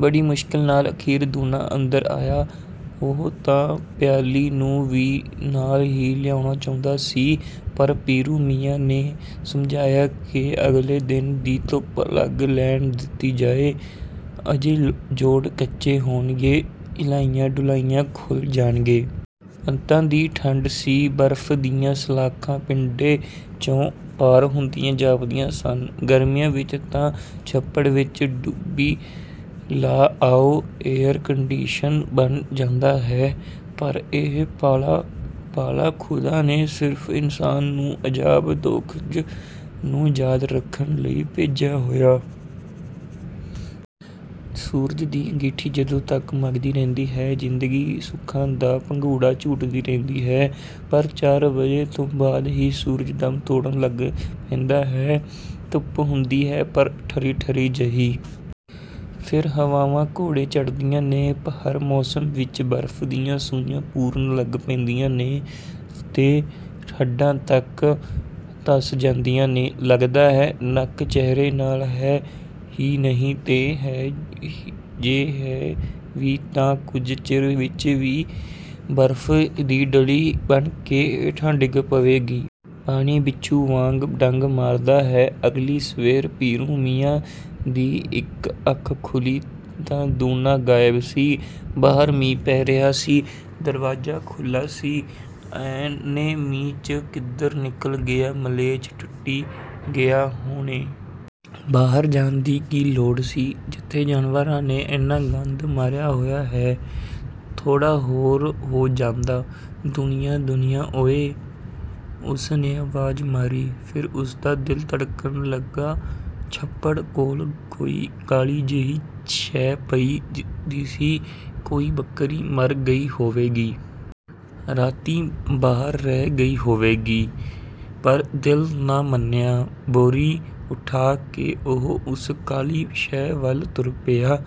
ਬੜੀ ਮੁਸ਼ਕਿਲ ਨਾਲ ਅਖੀਰ ਦੂਣਾ ਅੰਦਰ ਆਇਆ। ਉਹ ਤਾਂ ਪਿਆਲੀ ਨੂੰ ਵੀ ਨਾਲ ਹੀ ਲਿਆਉਣਾ ਚਾਹੁੰਦਾ ਸੀ, ਪਰ ਪੀਰੂ ਮੀਆਂ ਨੇ ਸਮਝਾਇਆ ਕਿ ਅਗਲੇ ਦਿਨ ਦੀ ਧੁੱਪ ਲੱਗ ਲੈਣ ਦਿੱਤੀ ਜਾਏ। ਅਜੇ ਜੋੜ ਕੱਚੇ ਹੋਣਗੇ ਹਿਲਾਇਆਂ-ਡੁਲਾਇਆਂ ਖੁੱਲ੍ਹ ਜਾਣਗੇ। ਅੰਤਾਂ ਦੀ ਠੰਡ ਸੀ। ਬਰਫ਼ ਦੀਆਂ ਸਲਾਖਾਂ ਪਿੰਡੇ 'ਚੋਂ ਪਾਰ ਹੁੰਦੀਆਂ ਜਾਪਦੀਆਂ ਸਨ। ਗਰਮੀਆਂ ਵਿੱਚ ਤਾਂ ਛੱਪੜ ਵਿੱਚ ਟੁੱਭੀ ਲਾ ਆਓ, ਏਅਰ-ਕੰਡੀਸ਼ਨ ਬਣ ਜਾਂਦਾ ਹੈ। ਪਰ ਇਹ ਪਾਲਾ, ਪਾਲਾ ਖ਼ੁਦਾ ਨੇ ਸਿਰਫ਼ ਇਨਸਾਨ ਨੂੰ ਅਜ਼ਾਬ-ਦੋਜ਼ਖ਼ ਨੂੰ ਯਾਦ ਰੱਖਣ ਲਈ ਭੇਜਿਆ ਹੋਏਗਾ। ਸੂਰਜ ਦੀ ਅੰਗੀਠੀ ਜਦੋਂ ਤੱਕ ਮਘਦੀ ਰਹਿੰਦੀ ਹੈ, ਜ਼ਿੰਦਗੀ ਸੁੱਖਾਂ ਦਾ ਭੰਗੂੜਾ ਝੂਟਦੀ ਰਹਿੰਦੀ ਹੈ। ਪਰ ਚਾਰ ਵਜੇ ਤੋਂ ਬਾਅਦ ਹੀ ਸੂਰਜ ਦਮ ਤੋੜਨ ਲੱਗ ਪੈਂਦਾ ਹੈ। ਧੁੱਪ ਹੁੰਦੀ ਹੈ ਪਰ ਠਰੀ-ਠਰੀ ਜਿਹੀ। ਫਿਰ ਹਵਾਵਾਂ ਘੋੜੇ ਚੜ੍ਹਦੀਆਂ ਨੇ, ਹਰ ਮੋਸਮ ਵਿੱਚ ਬਰਫ਼ ਦੀਆਂ ਸੂਈਆਂ ਪੁਰਨ ਲੱਗ ਪੈਂਦੀਆਂ ਨੇ ਤੇ ਹੱਡਾਂ ਤੱਕ ਧਸ ਜਾਂਦੀਆਂ ਨੇ। ਲੱਗਦਾ ਹੈ, ਨੱਕ ਚਿਹਰੇ ਨਾਲ ਹੈ ਹੀ ਨਹੀਂ ਤੇ ਜੇ ਹੈ ਵੀ ਤਾਂ ਕੁਝ ਚਿਰ ਵਿੱਚ ਹੀ ਬਰਫ਼ ਦੀ ਡਲੀ ਬਣ ਕੇ ਹੇਠਾਂ ਡਿੱਗ ਪਵੇਗੀ। ਪਾਣੀ ਬਿੱਛੂ ਵਾਂਗ ਡੰਗ ਮਾਰਦਾ ਹੈ। ਅਗਲੀ ਸਵੇਰ ਪੀਰੂ ਮੀਆਂ ਦੀ ਅੱਖ ਖੁੱਲ੍ਹੀ ਤਾਂ ਦੂਣਾ ਗਾਇਬ ਸੀ। ਬਾਹਰ ਮੀਂਹ ਪੈ ਰਿਹਾ ਸੀ, ਦਰਵਾਜ਼ਾ ਖੁੱਲ੍ਹਾ ਸੀ। "ਐਨੇ ਮੀਂਹ 'ਚ ਕਿੱਧਰ ਨਿਕਲ ਗਿਆ ਮਲੈਛ, ਟੱਟੀ ਗਿਆ ਹੋਣੈ। ਬਾਹਰ ਜਾਣ ਦੀ ਕੀ ਲੋੜ ਸੀ, ਜਿੱਥੇ ਜਾਨਵਰਾਂ ਨੇ ਐਨਾ ਗੰਦ ਮਾਰਿਆ ਹੋਇਆ ਐ, ਥੋੜਾ ਹੋਰ ਹੋ ਜਾਂਦਾ" "ਦੂਣਿਆਂ, ਦੂਣਿਆਂ ਓਏ।" ਉਸ ਨੇ ਆਵਾਜ਼ ਮਾਰੀ। ਫਿਰ ਉਸਦਾ ਦਿਲ ਧੜਕਣ ਲੱਗਾ, ਛੱਪੜ ਕੋਲ ਕੋਈ ਕਾਲੀ ਜਿਹੀ ਸ਼ੈ ਪਈ ਦਿਸੀ ਕੋਈ ਬੱਕਰੀ ਮਰ ਗਈ ਹੋਵੇਗੀ। ਰਾਤੀਂ, ਬਾਹਰ ਰਹਿ ਗਈ ਹੋਏਗੀ। ਪਰ ਦਿਲ ਨਾ ਮੰਨਿਆ। ਬੋਰੀ ਉੱਠਾ ਕੇ ਉਹ ਉਸ ਕਾਲੀ ਸ਼ੈ ਵੱਲ ਤੁਰ ਪਿਆ।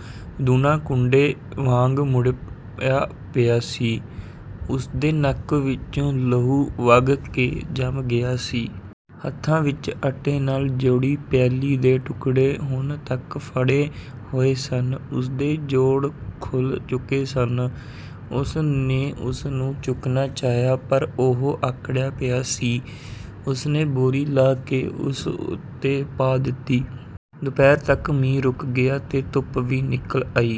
ਦੂਣਾ ਕੁੰਡੇ ਵਾਂਗ ਮੁੜਿਆ ਪਿਆ ਸੀ। ਉਸਦੇ ਨੱਕ ਵਿੱਚੋਂ ਲਹੂ ਵਗ ਕੇ ਜੰਮ ਗਿਆ ਸੀ। ਹੱਥਾਂ ਵਿੱਚ ਆਟੇ ਨਾਲ ਜੋੜੀ ਪਿਆਲੀ ਦੇ ਟੁੱਕੜੇ ਹੁਣ ਤੱਕ ਫੜ੍ਹੇ ਹੋਏ ਸਨ। ਉਸਦੇ ਜੋੜ ਖੁੱਲ੍ਹ ਚੁੱਕੇ ਸਨ। ਉਸ ਨੇ ਉਸਨੂੰ ਚੁੱਕਣਾ ਚਾਹਿਆ ਪਰ ਉਹ ਆਕੜਿਆ ਪਿਆ ਸੀ। ਉਸਨੇ ਬੋਰੀ ਲਾਹ ਕੇ ਉਸ ਉੱਤੇ ਪਾ ਦਿੱਤੀ। ਦੁਪਹਿਰ ਤੱਕ ਮੀਂਹ ਰੁਕ ਗਿਆ ਤੇ ਧੁੱਪ ਵੀ ਨਿਕਲ ਆਈ।